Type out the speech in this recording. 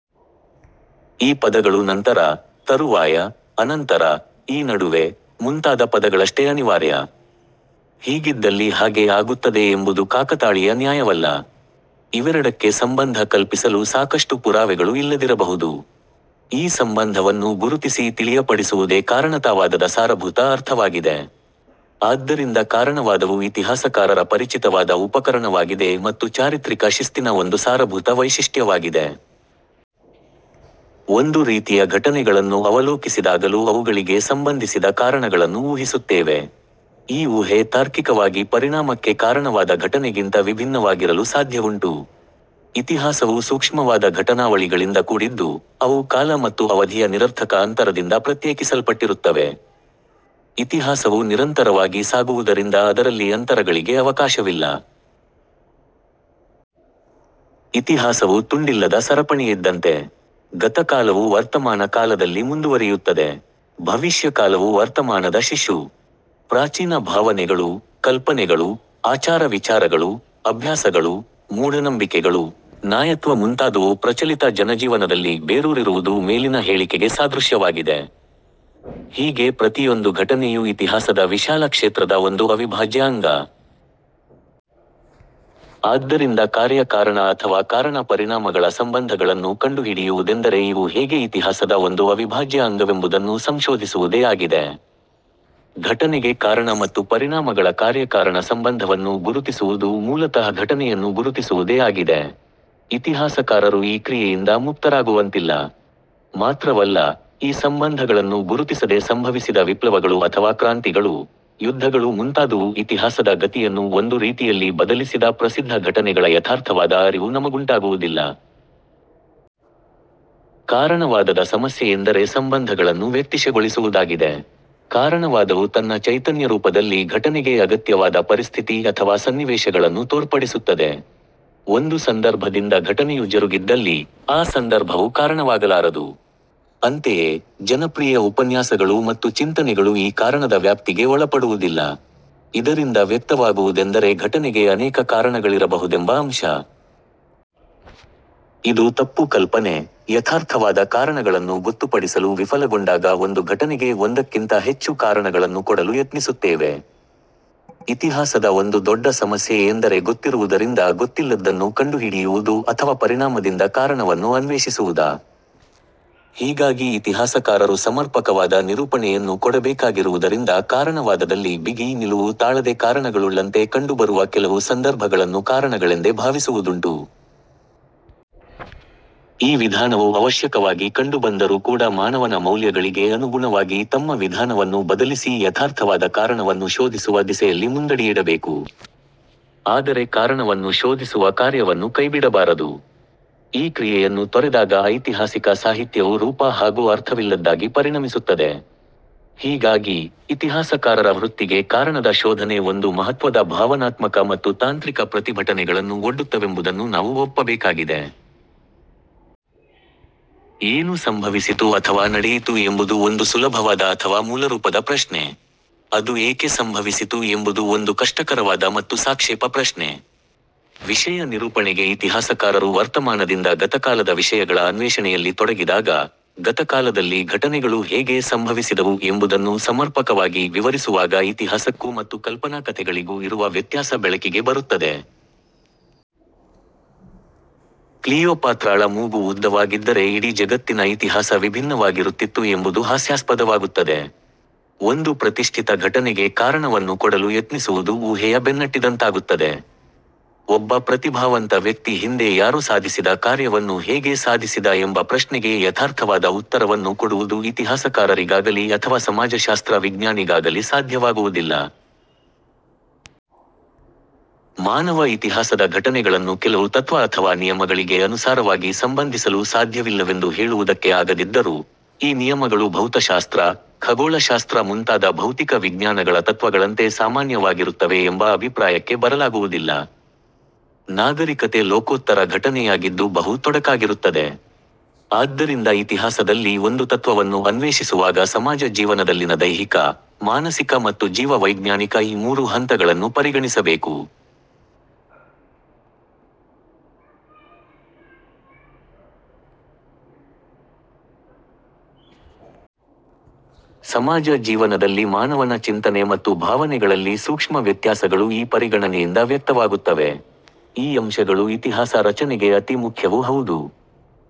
ಈ ಪದಗಳು ನಂತರ, ತರುವಾಯ, ಅನಂತರ, ಈ ನಡುವೆ, ಮುಂತಾದ ಪದಗಳಷ್ಟೇ ಅನಿವಾರ್ಯ. ಹೀಗಿದ್ದಲ್ಲಿ ಹಾಗೆ ಆಗುತ್ತದೆ ಎಂಬುದು ಕಾಕತಾಳೀಯ ನ್ಯಾಯವಲ್ಲ. ಇವೆರಡಕ್ಕೆ ಸಂಬಂಧ ಕಲ್ಪಿಸಲು ಸಾಕಷ್ಟು ಪುರಾವೆಗಳು ಇಲ್ಲದಿರಬಹುದು. ಈ ಸಂಬಂಧವನ್ನು ಗುರುತಿಸಿ ತಿಳಿಯಪಡಿಸುವುದೇ ಕಾರಣತಾವಾದದ ಸಾರಭೂತ ಅರ್ಥವಾಗಿದೆ. ಆದ್ದರಿಂದ ಕಾರಣವಾದವು ಇತಿಹಾಸಕಾರರ ಪರಿಚಿತವಾದ ಉಪಕರಣವಾಗಿದೆ ಮತ್ತು ಚಾರಿತ್ರಿಕ ಶಿಸ್ತಿನ ಒಂದು ಸಾರಭೂತ ವೈಶಿಷ್ಟ್ಯವಾಗಿದೆ. ಒಂದು ರೀತಿಯ ಘಟನೆಗಳನ್ನು ಅವಲೋಕಿಸಿದಾಗಲೂ ಅವುಗಳಿಗೆ ಸಂಬಂಧಿಸಿದ ಕಾರಣಗಳನ್ನು ಊಹಿಸುತ್ತೇವೆ. ಈ ಊಹೆ ತಾರ್ಕಿಕವಾಗಿ ಪರಿಣಾಮಕ್ಕೆ ಕಾರಣವಾದ ಘಟನೆಗಿಂತ ವಿಭಿನ್ನವಾಗಿರಲು ಸಾಧ್ಯವುಂಟು. ಇತಿಹಾಸವು ಸೂಕ್ಷ್ಮವಾದ ಘಟನಾವಳಿಗಳಿಂದ ಕೂಡಿದ್ದು, ಅವು ಕಾಲ ಮತ್ತು ಅವಧಿಯ ನಿರರ್ಥಕ ಅಂತರದಿಂದ ಪ್ರತ್ಯೇಕಿಸಲ್ಪಟ್ಟಿರುತ್ತವೆ. ಇತಿಹಾಸವು ನಿರಂತರವಾಗಿ ಸಾಗುವುದರಿಂದ ಅದರಲ್ಲಿ ಅಂತರಗಳಿಗೆ ಅವಕಾಶವಿಲ್ಲ. ಇತಿಹಾಸವು ತುಂಡಿಲ್ಲದ ಸರಪಣಿಯಿದ್ದಂತೆ. ಗತಕಾಲವು ವರ್ತಮಾನ ಕಾಲದಲ್ಲಿ ಮುಂದುವರಿಯುತ್ತದೆ. ಭವಿಷ್ಯಕಾಲವು ವರ್ತಮಾನದ ಶಿಶು. ಪ್ರಾಚೀನ ಭಾವನೆಗಳು, ಕಲ್ಪನೆಗಳು, ಆಚಾರ ವಿಚಾರಗಳು, ಅಭ್ಯಾಸಗಳು, ಮೂಢನಂಬಿಕೆಗಳು, ನಾಯತ್ವ ಮುಂತಾದುವು ಪ್ರಚಲಿತ ಜನಜೀವನದಲ್ಲಿ ಬೇರೂರಿರುವುದು ಮೇಲಿನ ಹೇಳಿಕೆಗೆ ಸಾದೃಶ್ಯವಾಗಿದೆ. ಹೀಗೆ ಪ್ರತಿಯೊಂದು ಘಟನೆಯೂ ಇತಿಹಾಸದ ವಿಶಾಲ ಕ್ಷೇತ್ರದ ಒಂದು ಅವಿಭಾಜ್ಯ ಅಂಗ. ಆದ್ದರಿಂದ ಕಾರ್ಯ ಕಾರಣ ಅಥವಾ ಕಾರಣ ಪರಿಣಾಮಗಳ ಸಂಬಂಧಗಳನ್ನು ಕಂಡುಹಿಡಿಯುವುದೆಂದರೆ ಇವು ಹೇಗೆ ಇತಿಹಾಸದ ಒಂದು ಅವಿಭಾಜ್ಯ ಅಂಗವೆಂಬುದನ್ನು ಸಂಶೋಧಿಸುವುದೇ ಆಗಿದೆ. ಘಟನೆಗೆ ಕಾರಣ ಮತ್ತು ಪರಿಣಾಮಗಳ ಕಾರ್ಯಕಾರಣ ಸಂಬಂಧವನ್ನು ಗುರುತಿಸುವುದು ಮೂಲತಃ ಘಟನೆಯನ್ನು ಗುರುತಿಸುವುದೇ ಆಗಿದೆ. ಇತಿಹಾಸಕಾರರು ಈ ಕ್ರಿಯೆಯಿಂದ ಮುಕ್ತರಾಗುವಂತಿಲ್ಲ. ಮಾತ್ರವಲ್ಲ, ಈ ಸಂಬಂಧಗಳನ್ನು ಗುರುತಿಸದೆ ಸಂಭವಿಸಿದ ವಿಪ್ಲವಗಳು ಅಥವಾ ಕ್ರಾಂತಿಗಳು, ಯುದ್ಧಗಳು ಮುಂತಾದುವು ಇತಿಹಾಸದ ಗತಿಯನ್ನು ಒಂದು ರೀತಿಯಲ್ಲಿ ಬದಲಿಸಿದ ಪ್ರಸಿದ್ಧ ಘಟನೆಗಳ ಯಥಾರ್ಥವಾದ ಅರಿವು ನಮಗುಂಟಾಗುವುದಿಲ್ಲ. ಕಾರಣವಾದದ ಸಮಸ್ಯೆಯೆಂದರೆ ಸಂಬಂಧಗಳನ್ನು ವ್ಯಕ್ತಿಶಃಗೊಳಿಸುವುದಾಗಿದೆ. ಕಾರಣವಾದವು ತನ್ನ ಚೈತನ್ಯರೂಪದಲ್ಲಿ ಘಟನೆಗೆ ಅಗತ್ಯವಾದ ಪರಿಸ್ಥಿತಿ ಅಥವಾ ಸನ್ನಿವೇಶಗಳನ್ನು ತೋರ್ಪಡಿಸುತ್ತದೆ. ಒಂದು ಸಂದರ್ಭದಿಂದ ಘಟನೆಯು ಜರುಗಿದ್ದಲ್ಲಿ, ಆ ಸಂದರ್ಭವು ಕಾರಣವಾಗಲಾರದು. ಅಂತೆಯೇ, ಜನಪ್ರಿಯ ಉಪನ್ಯಾಸಗಳು ಮತ್ತು ಚಿಂತನೆಗಳು ಈ ಕಾರಣದ ವ್ಯಾಪ್ತಿಗೆ ಒಳಪಡುವುದಿಲ್ಲ. ಇದರಿಂದ ವ್ಯಕ್ತವಾಗುವುದೆಂದರೆ ಘಟನೆಗೆ ಅನೇಕ ಕಾರಣಗಳಿರಬಹುದೆಂಬ ಅಂಶ. ಇದು ತಪ್ಪು ಕಲ್ಪನೆ, ಯಥಾರ್ಥವಾದ ಕಾರಣಗಳನ್ನು ಗೊತ್ತುಪಡಿಸಲು ವಿಫಲಗೊಂಡಾಗ ಒಂದು ಘಟನೆಗೆ ಒಂದಕ್ಕಿಂತ ಹೆಚ್ಚು ಕಾರಣಗಳನ್ನು ಕೊಡಲು ಯತ್ನಿಸುತ್ತೇವೆ. ಇತಿಹಾಸದ ಒಂದು ದೊಡ್ಡ ಸಮಸ್ಯೆ ಎಂದರೆ ಗೊತ್ತಿರುವುದರಿಂದ ಗೊತ್ತಿಲ್ಲದ್ದನ್ನು ಕಂಡುಹಿಡಿಯುವುದು ಅಥವ ಪರಿಣಾಮದಿಂದ ಕಾರಣವನ್ನು ಅನ್ವೇಷಿಸುವುದ. ಹೀಗಾಗಿ ಇತಿಹಾಸಕಾರರು ಸಮರ್ಪಕವಾದ ನಿರೂಪಣೆಯನ್ನು ಕೊಡಬೇಕಾಗಿರುವುದರಿಂದ ಕಾರಣವಾದದಲ್ಲಿ ಬಿಗಿ ನಿಲುವು ತಾಳದೆ ಕಾರಣಗಳುಳ್ಳಂತೆ ಕಂಡುಬರುವ ಕೆಲವು ಸಂದರ್ಭಗಳನ್ನು ಕಾರಣಗಳೆಂದೇ ಭಾವಿಸುವುದುಂಟು. ಈ ವಿಧಾನವು ಅವಶ್ಯಕವಾಗಿ ಕಂಡುಬಂದರೂ ಕೂಡ ಮಾನವನ ಮೌಲ್ಯಗಳಿಗೆ ಅನುಗುಣವಾಗಿ ತಮ್ಮ ವಿಧಾನವನ್ನು ಬದಲಿಸಿ ಯಥಾರ್ಥವಾದ ಕಾರಣವನ್ನು ಶೋಧಿಸುವ ದಿಸೆಯಲ್ಲಿ ಮುಂದಡಿಯಿಡಬೇಕು. ಆದರೆ ಕಾರಣವನ್ನು ಶೋಧಿಸುವ ಕಾರ್ಯವನ್ನು ಕೈಬಿಡಬಾರದು. ಈ ಕ್ರಿಯೆಯನ್ನು ತೊರೆದಾಗ ಐತಿಹಾಸಿಕ ಸಾಹಿತ್ಯವು ರೂಪ ಹಾಗೂ ಅರ್ಥವಿಲ್ಲದ್ದಾಗಿ ಪರಿಣಮಿಸುತ್ತದೆ. ಹೀಗಾಗಿ, ಇತಿಹಾಸಕಾರರ ವೃತ್ತಿಗೆ ಕಾರಣದ ಶೋಧನೆ ಒಂದು ಮಹತ್ವದ ಭಾವನಾತ್ಮಕ ಮತ್ತು ತಾಂತ್ರಿಕ ಪ್ರತಿಭಟನೆಗಳನ್ನು ಒಡ್ಡುತ್ತವೆಂಬುದನ್ನು ನಾವು ಒಪ್ಪಬೇಕಾಗಿದೆ. ಏನು ಸಂಭವಿಸಿತು ಅಥವಾ ನಡೆಯಿತು ಎಂಬುದು ಒಂದು ಸುಲಭವಾದ ಅಥವಾ ಮೂಲರೂಪದ ಪ್ರಶ್ನೆ. ಅದು ಏಕೆ ಸಂಭವಿಸಿತು ಎಂಬುದು ಒಂದು ಕಷ್ಟಕರವಾದ ಮತ್ತು ಸಾಕ್ಷೇಪ ಪ್ರಶ್ನೆ. ವಿಷಯ ನಿರೂಪಣೆಗೆ ಇತಿಹಾಸಕಾರರು ವರ್ತಮಾನದಿಂದ ಗತಕಾಲದ ವಿಷಯಗಳ ಅನ್ವೇಷಣೆಯಲ್ಲಿ ತೊಡಗಿದಾಗ, ಗತಕಾಲದಲ್ಲಿ ಘಟನೆಗಳು ಹೇಗೆ ಸಂಭವಿಸಿದವು ಎಂಬುದನ್ನು ಸಮರ್ಪಕವಾಗಿ ವಿವರಿಸುವಾಗ ಇತಿಹಾಸಕ್ಕೂ ಮತ್ತು ಕಲ್ಪನಾ ಕಥೆಗಳಿಗೂ ಇರುವ ವ್ಯತ್ಯಾಸ ಬೆಳಕಿಗೆ ಬರುತ್ತದೆ. ಕ್ಲೀಯೋಪಾತ್ರಾಳ ಮೂಗು ಉದ್ದವಾಗಿದ್ದರೆ ಇಡೀ ಜಗತ್ತಿನ ಇತಿಹಾಸ ವಿಭಿನ್ನವಾಗಿರುತ್ತಿತ್ತು ಎಂಬುದು ಹಾಸ್ಯಾಸ್ಪದವಾಗುತ್ತದೆ. ಒಂದು ಪ್ರತಿಷ್ಠಿತ ಘಟನೆಗೆ ಕಾರಣವನ್ನು ಕೊಡಲು ಯತ್ನಿಸುವುದು ಊಹೆಯ ಬೆನ್ನಟ್ಟಿದಂತಾಗುತ್ತದೆ. ಒಬ್ಬ ಪ್ರತಿಭಾವಂತ ವ್ಯಕ್ತಿ ಹಿಂದೆ ಯಾರೋ ಸಾಧಿಸಿದ ಕಾರ್ಯವನ್ನು ಹೇಗೆ ಸಾಧಿಸಿದ ಎಂಬ ಪ್ರಶ್ನೆಗೆ ಯಥಾರ್ಥವಾದ ಉತ್ತರವನ್ನು ಕೊಡುವುದು ಇತಿಹಾಸಕಾರರಿಗಾಗಲಿ ಅಥವ ಸಮಾಜಶಾಸ್ತ್ರ ವಿಜ್ಞಾನಿಗಾಗಲಿ ಸಾಧ್ಯವಾಗುವುದಿಲ್ಲ. ಮಾನವ ಇತಿಹಾಸದ ಘಟನೆಗಳನ್ನು ಕೆಲವು ತತ್ವ ಅಥವಾ ನಿಯಮಗಳಿಗೆ ಅನುಸಾರವಾಗಿ ಸಂಬಂಧಿಸಲು ಸಾಧ್ಯವಿಲ್ಲವೆಂದು ಹೇಳುವುದಕ್ಕೆ ಆಗದಿದ್ದರೂ, ಈ ನಿಯಮಗಳು ಭೌತಶಾಸ್ತ್ರ, ಖಗೋಳಶಾಸ್ತ್ರ ಮುಂತಾದ ಭೌತಿಕ ವಿಜ್ಞಾನಗಳ ತತ್ವಗಳಂತೆ ಸಾಮಾನ್ಯವಾಗಿರುತ್ತವೆ ಎಂಬ ಅಭಿಪ್ರಾಯಕ್ಕೆ ಬರಲಾಗುವುದಿಲ್ಲ. ನಾಗರಿಕತೆ ಲೋಕೋತ್ತರ ಘಟನೆಯಾಗಿದ್ದು ಬಹು ತೊಡಕಾಗಿರುತ್ತದೆ. ಆದ್ದರಿಂದ ಇತಿಹಾಸದಲ್ಲಿ ಒಂದು ತತ್ವವನ್ನು ಅನ್ವೇಷಿಸುವಾಗ ಸಮಾಜ ಜೀವನದಲ್ಲಿನ ದೈಹಿಕ, ಮಾನಸಿಕ ಮತ್ತು ಜೀವ ವೈಜ್ಞಾನಿಕ ಈ ಮೂರು ಹಂತಗಳನ್ನೂ ಪರಿಗಣಿಸಬೇಕು. ಸಮಾಜ ಜೀವನದಲ್ಲಿ ಮಾನವನ ಚಿಂತನೆ ಮತ್ತು ಭಾವನೆಗಳಲ್ಲಿ ಸೂಕ್ಷ್ಮ ವ್ಯತ್ಯಾಸಗಳು ಈ ಪರಿಗಣನೆಯಿಂದ ವ್ಯಕ್ತವಾಗುತ್ತವೆ. ಈ ಅಂಶಗಳು ಇತಿಹಾಸ ರಚನೆಗೆ ಅತಿ ಮುಖ್ಯವೂ ಹೌದು.